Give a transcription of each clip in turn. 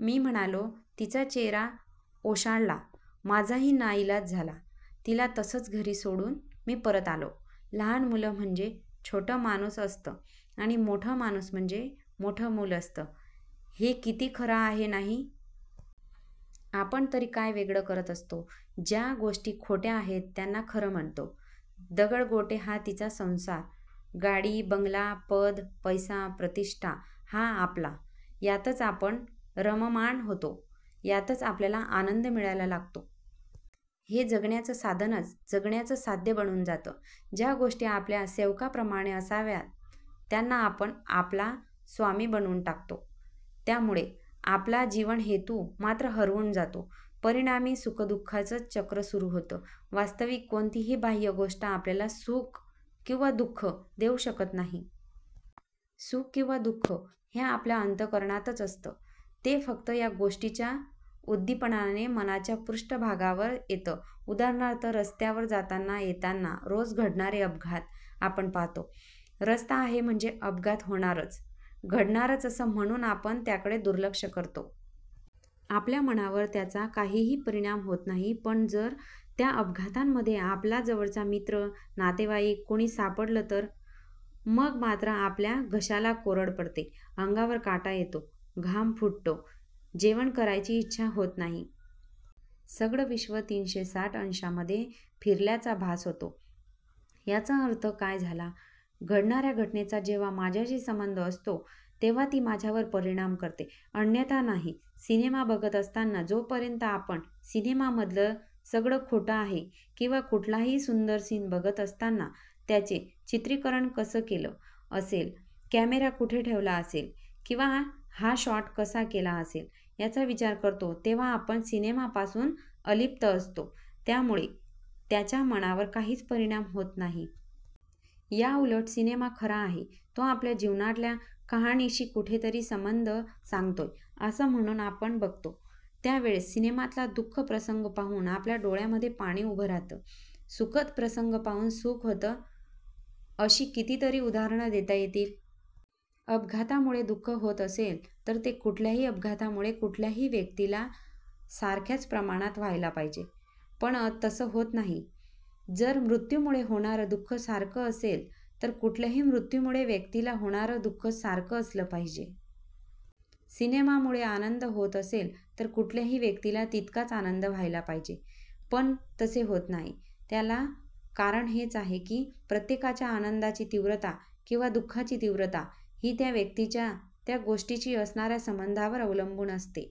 मी म्हणालो. तिचा चेहरा ओशाळला. माझाही नाईलाज झाला. तिला तसंच घरी सोडून, मी परत आलो. लहान मूल म्हणजे छोटं माणूस असतं आणि मोठं माणूस म्हणजे मोठं मूल असतं. हे किती खरं आहे नाही? आपण तरी काय वेगळं करत असतो? ज्या गोष्टी खोट्या आहेत त्यांना खरं म्हणतो. दगडगोटे हा तिचा संसार. गाडी, बंगला, पद, पैसा, प्रतिष्ठा हा आपला! यातच आपण रममाण होतो. त्यातच आपल्याला आनंद मिळायला लागतो. हे जगण्याचं साधनच जगण्याचं साध्य बनून जातं. ज्या गोष्टी आपल्या सेवकाप्रमाणे असाव्यात त्यांना आपण आपला स्वामी बनवून टाकतो. त्यामुळे आपला जीवनहेतू मात्र हरवून जातो. परिणामी सुखदु:खाचं चक्र सुरू होतं. वास्तविक कोणतीही बाह्य गोष्ट आपल्याला सुख किंवा दुःख देऊ शकत नाही. सुख किंवा दुःख हे आपल्या अंत:करणातच असतं. ते फक्त या गोष्टींच्या उद्दीपनाने मनाच्या पृष्ठभागावर येतं. उदाहरणार्थ, रस्त्यावर जाताना येताना रोज घडणारे अपघात आपण पाहतो. रस्ता आहे म्हणजे अपघात होणारच, घडणारच असं म्हणून आपण त्याकडे दुर्लक्ष करतो. आपल्या मनावर त्याचा काहीही परिणाम होत नाही, पण जर त्या अपघातांमध्ये आपला जवळचा मित्र, नातेवाईक कुणी सापडलं तर? मग मात्र आपल्या घशाला कोरड पडते. अंगावर काटा येतो. घाम फुटतो. जेवण करायची इच्छा होत नाही. सगळं विश्व तीनशे साठ अंशामध्ये फिरल्याचा भास होतो. याचा अर्थ काय झाला? घडणाऱ्या घटनेचा जेव्हा माझ्याशी संबंध असतो तेव्हा ती माझ्यावर परिणाम करते, अन्यथा नाही. सिनेमा बघत असताना जोपर्यंत आपण सिनेमामधलं सगळं खोटं आहे किंवा कुठलाही सुंदर सीन बघत असताना त्याचे चित्रीकरण कसं केलं असेल, कॅमेरा कुठे ठेवला असेल किंवा हा शॉट कसा केला असेल याचा विचार करतो तेव्हा आपण सिनेमापासून अलिप्त असतो, त्यामुळे त्याचा मनावर काहीच परिणाम होत नाही. याउलट सिनेमा खरा आहे. तो आपल्या जीवनातल्या कहाणीशी कुठेतरी संबंध सांगतोय असं म्हणून आपण बघतो, त्या वेळेस सिनेमातला दुःखद प्रसंग पाहून आपल्या डोळ्यांमध्ये पाणी उभं राहतं. सुखद प्रसंग पाहून सुख होतं. अशी कितीतरी उदाहरणं देता येतील. अपघातामुळे दुःख होत असेल तर ते कुठल्याही अपघातामुळे कुठल्याही व्यक्तीला सारख्याच प्रमाणात व्हायला पाहिजे, पण तसं होत नाही. जर मृत्यूमुळे होणारं दुःख सारखं असेल तर कुठल्याही मृत्यूमुळे व्यक्तीला होणारं दुःख सारखं असलं पाहिजे. सिनेमामुळे आनंद होत असेल तर कुठल्याही व्यक्तीला तितकाच आनंद व्हायला पाहिजे, पण तसे होत नाही, त्याला कारण हेच आहे की प्रत्येकाच्या आनंदाची तीव्रता किंवा दुःखाची तीव्रता ही त्या व्यक्तीच्या त्या गोष्टीशी असणाऱ्या संबंधावर अवलंबून असते.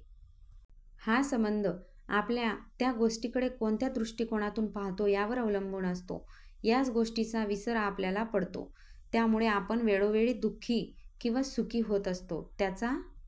हा संबंध आपण त्या गोष्टीकडे कोणत्या दृष्टीकोनातून पाहतो यावर अवलंबून असतो. याच गोष्टीचा विसर आपल्याला पडतो. त्यामुळे आपण वेळोवेळी दुःखी किंवा सुखी होत असतो. त्याचा